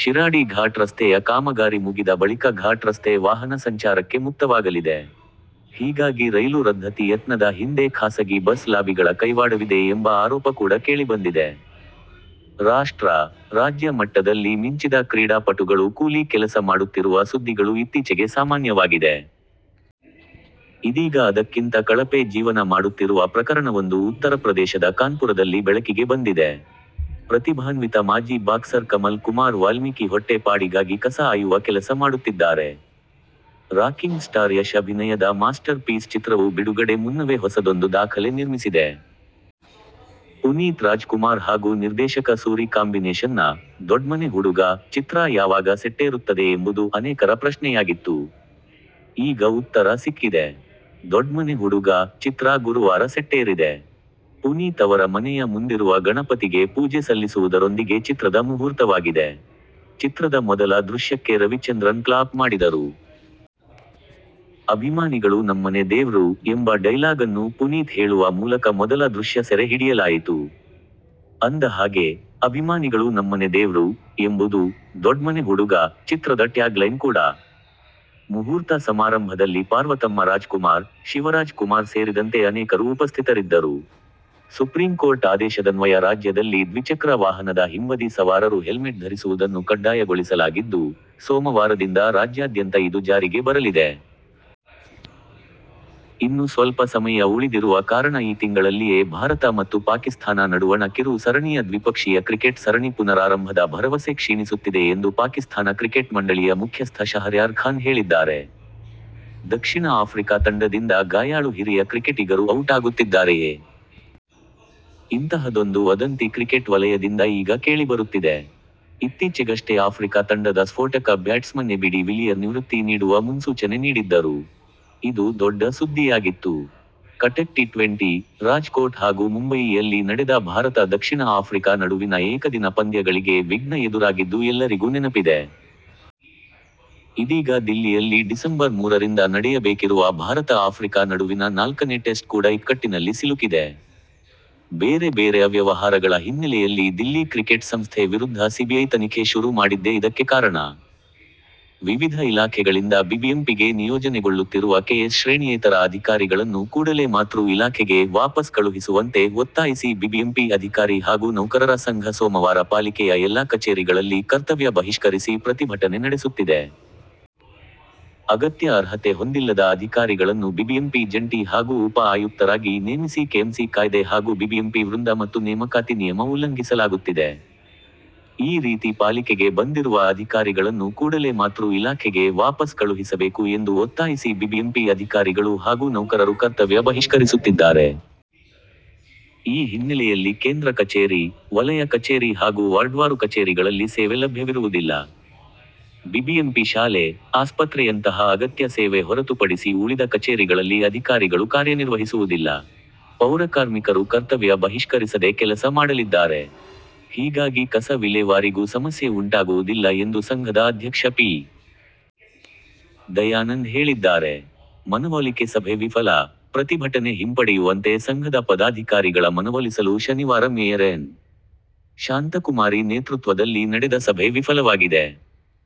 ಶಿರಾಡಿ ಘಾಟ್ ರಸ್ತೆಯ ಕಾಮಗಾರಿ ಮುಗಿದ ಬಳಿಕ ಘಾಟ್ ರಸ್ತೆ ವಾಹನ ಸಂಚಾರಕ್ಕೆ ಮುಕ್ತವಾಗಲಿದೆ. ಹೀಗಾಗಿ ರೈಲು ರದ್ಧತಿ ಯತ್ನದ ಹಿಂದೆ ಖಾಸಗಿ ಬಸ್ ಲಾಬಿಗಳ ಕೈವಾಡವಿದೆ ಎಂಬ ಆರೋಪ ಕೂಡ ಕೇಳಿಬಂದಿದೆ. ರಾಷ್ಟ್ರ, ರಾಜ್ಯ ಮಟ್ಟದಲ್ಲಿ ಮಿಂಚಿದ ಕ್ರೀಡಾ ಪಟುಗಳು ಕೂಲಿ ಕೆಲಸ ಮಾಡುತ್ತಿರುವ ಸುದ್ದಿಗಳು ಇತ್ತೀಚೆಗೆ ಸಾಮಾನ್ಯವಾಗಿದೆ. ಇದೀಗ ಅದಕ್ಕಿಂತ ಕಳಪೆ ಜೀವನ ಮಾಡುತ್ತಿರುವ ಪ್ರಕರಣವೊಂದು ಉತ್ತರಪ್ರದೇಶದ ಕಾನ್ಪುರದಲ್ಲಿ ಬೆಳಕಿಗೆ ಬಂದಿದೆ. ಪ್ರತಿಭಾನ್ವಿತ ಮಾಜಿ ಬಾಕ್ಸರ್ ಕಮಲ್ ಕುಮಾರ್ ವಾಲ್ಮೀಕಿ ಹೊಟ್ಟೆ ಪಾಡಿಗಾಗಿ ಕಸ ಆಯುವ ಕೆಲಸ ಮಾಡುತ್ತಿದ್ದಾರೆ. ರಾಕಿಂಗ್ ಸ್ಟಾರ್ ಯಶ್ ಅಭಿನಯದ ಮಾಸ್ಟರ್ ಪೀಸ್ ಚಿತ್ರವು ಬಿಡುಗಡೆ ಮುನ್ನವೇ ಹೊಸದೊಂದು ದಾಖಲೆ ನಿರ್ಮಿಸಿದೆ. ಪುನೀತ್ ರಾಜ್ಕುಮಾರ್ ಹಾಗೂ ನಿರ್ದೇಶಕ ಸೂರಿ ಕಾಂಬಿನೇಶನ್ನ "ದೊಡ್ಮನೆ ಹುಡುಗ' ಚಿತ್ರ ಯಾವಾಗ ಸೆಟ್ಟೇರುತ್ತದೆ ಎಂಬುದು ಅನೇಕರ ಪ್ರಶ್ನೆಯಾಗಿತ್ತು. ಈಗ ಉತ್ತರ ಸಿಕ್ಕಿದೆ. "ದೊಡ್ಮನೆ ಹುಡುಗ' ಚಿತ್ರ ಗುರುವಾರ ಸೆಟ್ಟೇರಿದೆ. ಪುನೀತ್ ಅವರ ಮನೆಯ ಮುಂದಿರುವ ಗಣಪತಿಗೆ ಪೂಜೆ ಸಲ್ಲಿಸುವುದರೊಂದಿಗೆ ಚಿತ್ರದ ಮುಹೂರ್ತವಾಗಿದೆ. ಚಿತ್ರದ ಮೊದಲ ದೃಶ್ಯಕ್ಕೆ ರವಿಚಂದ್ರನ್ ಕ್ಲಾಪ್ ಮಾಡಿದರು. "ಅಭಿಮಾನಿಗಳು ನಮ್ಮನೆ ದೇವ್ರು' ಎಂಬ ಡೈಲಾಗನ್ನು ಪುನೀತ್ ಹೇಳುವ ಮೂಲಕ ಮೊದಲ ದೃಶ್ಯ ಸೆರೆ ಹಿಡಿಯಲಾಯಿತು. ಅಂದಹಾಗೆ, "ಅಭಿಮಾನಿಗಳು ನಮ್ಮನೆ ದೇವ್ರು' ಎಂಬುದು "ದೊಡ್ಮನೆ ಹುಡುಗ' ಚಿತ್ರದ ಟ್ಯಾಗ್ಲೈನ್ ಕೂಡಾ. ಮುಹೂರ್ತ ಸಮಾರಂಭದಲ್ಲಿ ಪಾರ್ವತಮ್ಮ ರಾಜ್ಕುಮಾರ್, ಶಿವರಾಜ್ ಕುಮಾರ್ ಸೇರಿದಂತೆ ಅನೇಕರು ಉಪಸ್ಥಿತರಿದ್ದರು. ಸುಪ್ರೀಂಕೋರ್ಟ್ ಆದೇಶದನ್ವಯ ರಾಜ್ಯದಲ್ಲಿ ದ್ವಿಚಕ್ರ ವಾಹನದ ಹಿಂಬದಿ ಸವಾರರೂ ಹೆಲ್ಮೆಟ್ ಧರಿಸುವುದನ್ನು ಕಡ್ಡಾಯಗೊಳಿಸಲಾಗಿದ್ದು, ಸೋಮವಾರದಿಂದ ರಾಜ್ಯಾದ್ಯಂತ ಇದು ಜಾರಿಗೆ ಬರಲಿದೆ. ಇನ್ನು ಸ್ವಲ್ಪ ಸಮಯ ಉಳಿದಿರುವ ಕಾರಣ ಈ ತಿಂಗಳಲ್ಲಿಯೇ ಭಾರತ ಮತ್ತು ಪಾಕಿಸ್ಥಾನ ನಡುವಣ ಕಿರು ಸರಣಿಯ ದ್ವಿಪಕ್ಷೀಯ ಕ್ರಿಕೆಟ್ ಸರಣಿ ಪುನರಾರಂಭದ ಭರವಸೆ ಕ್ಷೀಣಿಸುತ್ತಿದೆ ಎಂದು ಪಾಕಿಸ್ಥಾನ ಕ್ರಿಕೆಟ್ ಮಂಡಳಿಯ ಮುಖ್ಯಸ್ಥ ಶಹರ್ಯಾರ್ ಖಾನ್ ಹೇಳಿದ್ದಾರೆ. ದಕ್ಷಿಣ ಆಫ್ರಿಕಾ ತಂಡದಿಂದ ಗಾಯಾಳು ಹಿರಿಯ ಕ್ರಿಕೆಟಿಗರು ಔಟ್ ಆಗುತ್ತಿದ್ದಾರೆಯೇ? ಇಂತಹದೊಂದು ವದಂತಿ ಕ್ರಿಕೆಟ್ ವಲಯದಿಂದ ಈಗ ಕೇಳಿಬರುತ್ತಿದೆ. ಇತ್ತೀಚೆಗಷ್ಟೇ ಆಫ್ರಿಕಾ ತಂಡದ ಸ್ಫೋಟಕ ಬ್ಯಾಟ್ಸ್ಮನ್ ಎಬಿಡಿ ವಿಲಿಯರ್ ನಿವೃತ್ತಿ ನೀಡುವ ಮುನ್ಸೂಚನೆ ನೀಡಿದ್ದರು. ಇದು ದೊಡ್ಡ ಸುದ್ದಿಯಾಗಿತ್ತು. ಕಟಕ್ ಟಿ-ಟ್ವೆಂಟಿ, ರಾಜ್ಕೋಟ್ ಹಾಗೂ ಮುಂಬಯಿ ಯಲ್ಲಿ ನಡೆದ ಭಾರತ-ದಕ್ಷಿಣ ಆಫ್ರಿಕಾ ನಡುವಿನ ಏಕದಿನ ಪಂದ್ಯಗಳಿಗೆ ವಿಘ್ನ ಎದುರಾಗಿದ್ದು ಎಲ್ಲರಿಗೂ ನೆನಪಿದೆ. ಇದೀಗ ದಿಲ್ಲಿಯಲ್ಲಿ ಡಿಸಂಬರ್ ಮೂರರಿಂದ ನಡೆಯಬೇಕಿರುವ ಭಾರತ-ಆಫ್ರಿಕಾ ನಡುವಿನ ನಾಲ್ಕನೇ ಟೆಸ್ಟ್ ಕೂಡ ಇಕ್ಕಟ್ಟಿನಲ್ಲಿ ಸಿಲುಕಿದೆ. ಬೇರೆ ಬೇರೆ ಅವ್ಯವಹಾರಗಳ ಹಿನ್ನೆಲೆಯಲ್ಲಿ ದಿಲ್ಲಿ ಕ್ರಿಕೆಟ್ ಸಂಸ್ಥೆ ವಿರುದ್ಧ ಸಿಬಿಐ ತನಿಖೆ ಶುರು ಮಾಡಿದ್ದೇ ಇದಕ್ಕೆ ಕಾರಣ. ವಿವಿಧ ಇಲಾಖೆಗಳಿಂದ ಬಿಬಿಎಂಪಿಗೆ ನಿಯೋಜನೆಗೊಳ್ಳುತ್ತಿರುವ ಕೆಎಎಸ್ ಶ್ರೇಣಿಯೇತರ ಅಧಿಕಾರಿಗಳನ್ನು ಕೂಡಲೇ ಮಾತೃ ಇಲಾಖೆಗೆ ವಾಪಸ್ ಕಳುಹಿಸುವಂತೆ ಒತ್ತಾಯಿಸಿ ಬಿಬಿಎಂಪಿ ಅಧಿಕಾರಿ ಹಾಗೂ ನೌಕರರ ಸಂಘ ಸೋಮವಾರ ಪಾಲಿಕೆಯ ಎಲ್ಲಾ ಕಚೇರಿಗಳಲ್ಲಿ ಕರ್ತವ್ಯ ಬಹಿಷ್ಕರಿಸಿ ಪ್ರತಿಭಟನೆ ನಡೆಸುತ್ತಿದೆ. ಅಗತ್ಯ ಅರ್ಹತೆ ಹೊಂದಿಲ್ಲದ ಅಧಿಕಾರಿಗಳನ್ನು ಬಿಬಿಎಂಪಿ ಜಂಟಿ ಹಾಗೂ ಉಪ ಆಯುಕ್ತರಾಗಿ ನೇಮಿಸಿ ಕೆಎಂಸಿ ಕಾಯ್ದೆ ಹಾಗೂ ಬಿಬಿಎಂಪಿ ವೃಂದ ಮತ್ತು ನೇಮಕಾತಿ ನಿಯಮ ಉಲ್ಲಂಘಿಸಲಾಗುತ್ತಿದೆ. ಈ ರೀತಿ ಪಾಲಿಕೆಗೆ ಬಂದಿರುವ ಅಧಿಕಾರಿಗಳನ್ನು ಕೂಡಲೇ ಮಾತೃ ಇಲಾಖೆಗೆ ವಾಪಸ್ ಕಳುಹಿಸಬೇಕು ಎಂದು ಒತ್ತಾಯಿಸಿ ಬಿಬಿಎಂಪಿ ಅಧಿಕಾರಿಗಳು ಹಾಗೂ ನೌಕರರು ಕರ್ತವ್ಯ ಬಹಿಷ್ಕರಿಸುತ್ತಿದ್ದಾರೆ. ಈ ಹಿನ್ನೆಲೆಯಲ್ಲಿ ಕೇಂದ್ರ ಕಚೇರಿ, ವಲಯ ಕಚೇರಿ ಹಾಗೂ ವಾರ್ಡ್ವಾರು ಕಚೇರಿಗಳಲ್ಲಿ ಸೇವೆ ಲಭ್ಯವಿರುವುದಿಲ್ಲ. ಬಿಬಿಎಂಪಿ ಶಾಲೆ, ಆಸ್ಪತ್ರೆಯಂತಹ ಅಗತ್ಯ ಸೇವೆ ಹೊರತುಪಡಿಸಿ ಉಳಿದ ಕಚೇರಿಗಳಲ್ಲಿ ಅಧಿಕಾರಿಗಳು ಕಾರ್ಯನಿರ್ವಹಿಸುವುದಿಲ್ಲ. ಪೌರಕಾರ್ಮಿಕರು ಕರ್ತವ್ಯ ಬಹಿಷ್ಕರಿಸದೆ ಕೆಲಸ ಮಾಡಲಿದ್ದಾರೆ. ಹೀಗಾಗಿ ಕಸ ವಿಲೇವಾರಿಗೂ ಸಮಸ್ಯೆ ಉಂಟಾಗುವುದಿಲ್ಲ ಎಂದು ಸಂಘದ ಅಧ್ಯಕ್ಷ ಪಿ. ದಯಾನಂದ್ ಹೇಳಿದ್ದಾರೆ. ಮನವೊಲಿಕೆ ಸಭೆ ವಿಫಲ: ಪ್ರತಿಭಟನೆ ಹಿಂಪಡೆಯುವಂತೆ ಸಂಘದ ಪದಾಧಿಕಾರಿಗಳ ಮನವೊಲಿಸಲು ಶನಿವಾರ ಮೇಯರ್ ಎನ್. ಶಾಂತಕುಮಾರಿ ನೇತೃತ್ವದಲ್ಲಿ ನಡೆದ ಸಭೆ ವಿಫಲವಾಗಿದೆ.